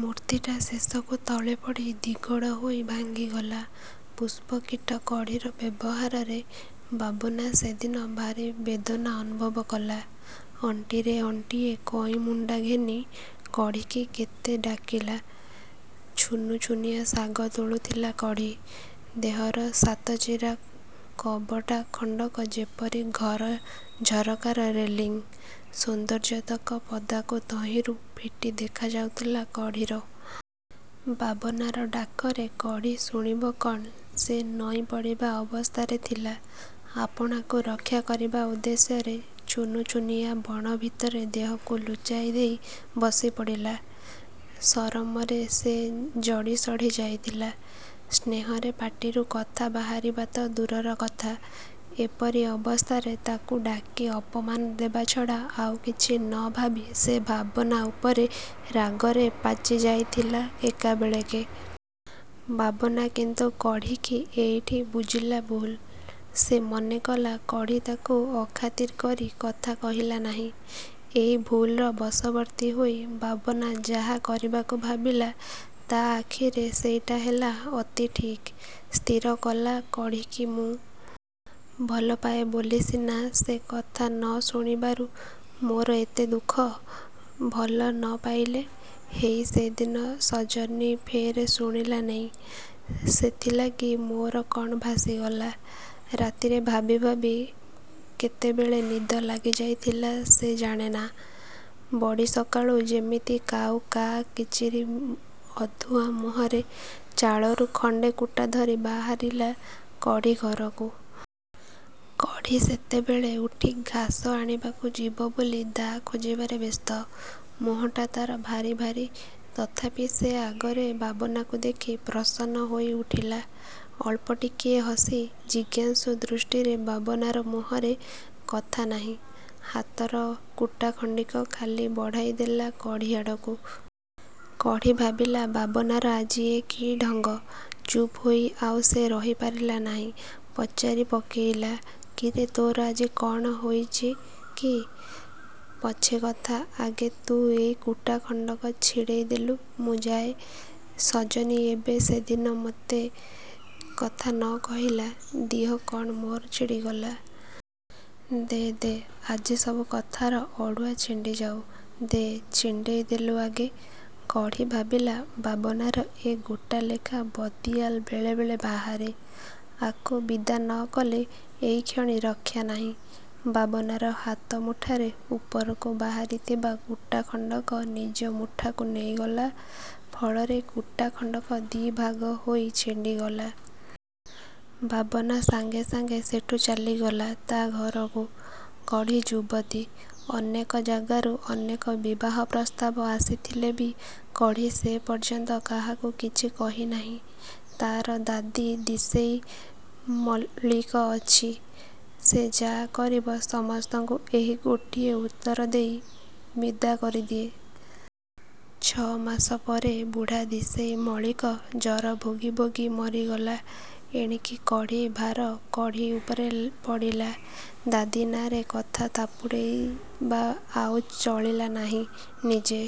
ମୂର୍ତ୍ତିଟା ଶେଷକୁ ତଳେ ପଡ଼ି ଦିଗଡ଼ ହୋଇ ଭାଙ୍ଗିଗଲା। ପୁଷ୍ପ-କୀଟ କଢ଼ୀର ବ୍ୟବହାରରେ ବାବନା ସେଦିନ ଭାରି ବେଦନା ଅନୁଭବ କଲା। ଅଣ୍ଟିରେ ଅଣ୍ଟିଏ କଇଁମୁଣ୍ଡା ଘେନି କଢ଼ୀକି କେତେ ଡାକିଲା। ଛୁନୁଛୁନିଆ ଶାଗ ତୋଳୁଥିଲା କଢ଼ୀ, ଦେହର ସାତ ଚିରା କବଟା ଖଣ୍ଡକ ଯେପରି ଘର ଝରକାର ରେଲିଂ–ସୌନ୍ଦର୍ଯ୍ୟତକ ପଦାକୁ ତହିଁରୁ ଫିଟି ଦେଖାଯାଉଥିଲା କଢ଼ୀର। ବାବନାର ଡାକରେ କଢ଼ୀ ଶୁଣିବ କଣ ସେ ନଇଁପଡ଼ିବା ଅବସ୍ଥାରେ ଥିଲା, ଆପଣାକୁ ରକ୍ଷା କରିବା ଉଦ୍ଦେଶ୍ୟରେ ଛୁନୁଛୁନିଆ ବଣ ଭିତରେ ଦେହକୁ ଲୁଚାଇ ଦେଇ ବସିପଡ଼ିଲା। ସରମରେ ସେ ଜଡ଼ି ସଢ଼ି ଯାଇଥିଲା, ସ୍ନେହରେ ପାଟିରୁ କଥା ବାହାରିବା ତ ଦୂରର କଥା, ଏପରି ଅବସ୍ଥାରେ ତାକୁ ଡାକି ଅପମାନ ଦେବା ଛଡ଼ା ଆଉ କିଛି ନ ଭାବି ସେ ବାବନା ଉପରେ ରାଗରେ ପାଚି ଯାଇଥିଲା ଏକାବେଳେକେ। ବାବନା କିନ୍ତୁ କଢ଼ୀକି ଏଇଠି ବୁଝିଲା ଭୁଲ। ସେ ମନେ କଲା, କଢ଼ୀ ତାକୁ ଅଖାତିର କରି କଥା କହିଲା ନାହିଁ। ଏହି ଭୁଲର ବଶବର୍ତ୍ତୀ ହୋଇ ବାବନା ଯାହା କରିବାକୁ ଭାବିଲା ତା ଆଖିରେ ସେଇଟା ହେଲା ଅତି ଠିକ। ସ୍ଥିର କଲା, କଢ଼ୀକି–ମୁଁ। ଭଲପାଏ ବୋଲି ସିନା ସେ କଥା ନ ଶୁଣିବାରୁ ମୋର ଏତେ ଦୁଃଖ। ଭଲ ନ ପାଇଲେ। ହେଇ, ସେଦିନ ସଜନୀ ଫେରେ ଶୁଣିଲା ନେଇଁ–ସେଥିଲାଗି ମୋର କଣ ଭାସିଗଲା! –ରାତିରେ ଭାବିଭାବି କେତେବେଳେ ନିଦ ଲାଗିଯାଇଥିଲା ସେ ଜାଣେ ନା, ବଡ଼ି ସକାଳୁ ଯେମିତି କାଉ କା' କରିଚି ଅଧୁଆମୁହଁରେ ଚାଳରୁ ଖଣ୍ଡେ କୁଟା ଧରି ବାହାରିଲା କଢ଼ୀ ଘରକୁ। କଢ଼ୀ ସେତେବେଳକୁ ଉଠି ଘାସ ଆଣିବାକୁ ଯିବ ବୋଲି ଦା' ଖୋଜିବାରେ ବ୍ୟସ୍ତ। ମୁହଁଟା ତାର ଭାରି ଭାରି, ତଥାପି ସେ ଆଗରେ ବାବନାକୁ ଦେଖି ପ୍ରସନ୍ନ ହୋଇଉଠିଲା। ଅଳ୍ପ ଟିକିଏ ହସି ଜିଜ୍ଞାସୁ ଦୃଷ୍ଟିରେ ବାବନାର ମୁହଁରେ କଥା ନାହିଁ, ହାତର କୁଟାଖଣ୍ଡିକ ଖାଲି ବଢ଼ାଇ ଦେଲା କଢ଼ୀଆଡ଼କୁ। କଢ଼ୀ ଭାବିଲା ବାବନାର ଆଜି ଏ କି ଢଙ୍ଗ-। ଚୁପ ହୋଇ ଆଉ ସେ ରହି ପାରିଲା ନାହିଁ। ପଚାରି ପକେଇଲା, କିରେ ତୋର ଆଜି କଣ ହୋଇଚିକି? –ପଛେ କଥା, ଆଗେ ତୁ ଏଇ କୁଟା ଖଣ୍ଡକ ଛିଣ୍ଡେଇ ଦେଲୁ, ମୁଁ ଯାଏଁ।... ସଜନୀ ଏବେ ସେଦିନ ମତେ କଥା ନ କହିଲା ଦିହ କଣ ମୋର ଛିଡ଼ିଗଲା–! ଦେ, ଦେ,–ଆଜି ସବୁ କଥାର ଅଡ଼ୁଆ ଛିଣ୍ଡିଯାଉ। ଦେ, ଛିଣ୍ଡେଇ ଦେଲୁ ଆଗେ। କଢ଼ୀ ଭାବିଲା ବାବନାର ଏ ଗୋଟା ଲେଖାଁ ବଦ୍ଖିଆଲ ବେଳେବେଳେ ବାହାରେ। ଆକୁ ବିଦା ନ କଲେ ଏଇକ୍ଷଣି ରକ୍ଷା ନାହିଁ। ବାବନାର ହାତ ମୁଠାର ଉପରକୁ ବାହାରିଥିବା କୁଟା ଖଣ୍ଡକ ନିଜ ମୁଠାକୁ ନେଇଗଲା, ଫଳରେ କୁଟା ଖଣ୍ଡକ ଦି'ଭାଗ ହୋଇ ଛିଣ୍ଡିଗଲା। ବାବନା ସାଙ୍ଗେ ସାଙ୍ଗେ ସେଠୁ ଚାଲିଗଲା ତା ଘରକୁ। କଢ଼ୀ ଯୁବତୀ। ଅନେକ ଯାଗାରୁ ଅନେକ ବିବାହ ପ୍ରସ୍ତାବ ଆସିଥିଲେ ବି କଢ଼ୀ ସେ ପର୍ଯ୍ୟନ୍ତ କାହାକୁ କିଛି କହି ନାହିଁ। ତାର ଦାଦୀ ଦଶେଇ ମଳିକ ଅଛି, 'ସେ ଯା' କରିବ ସମସ୍ତଙ୍କୁ ଏହି ଗୋଟିଏ ଉତ୍ତର ଦେଇ ବିଦା କରିଦିଏ। ଛ'ମାସ ପରେ ବୁଢ଼ା ଦଶେଇ ମଳିକ ଜର ଭୋଗି ଭୋଗି ମରିଗଲା। ଏଣିକି କଢ଼ୀ ଭାର କଢ଼ୀ ଉପରେ ପଡ଼ିଲା। ଦାଦୀ ନାଁରେ କଥା ଥାପୁଡ଼େଇବା ଆଉ ଚଳିଲା ନାହିଁ। ନିଜେ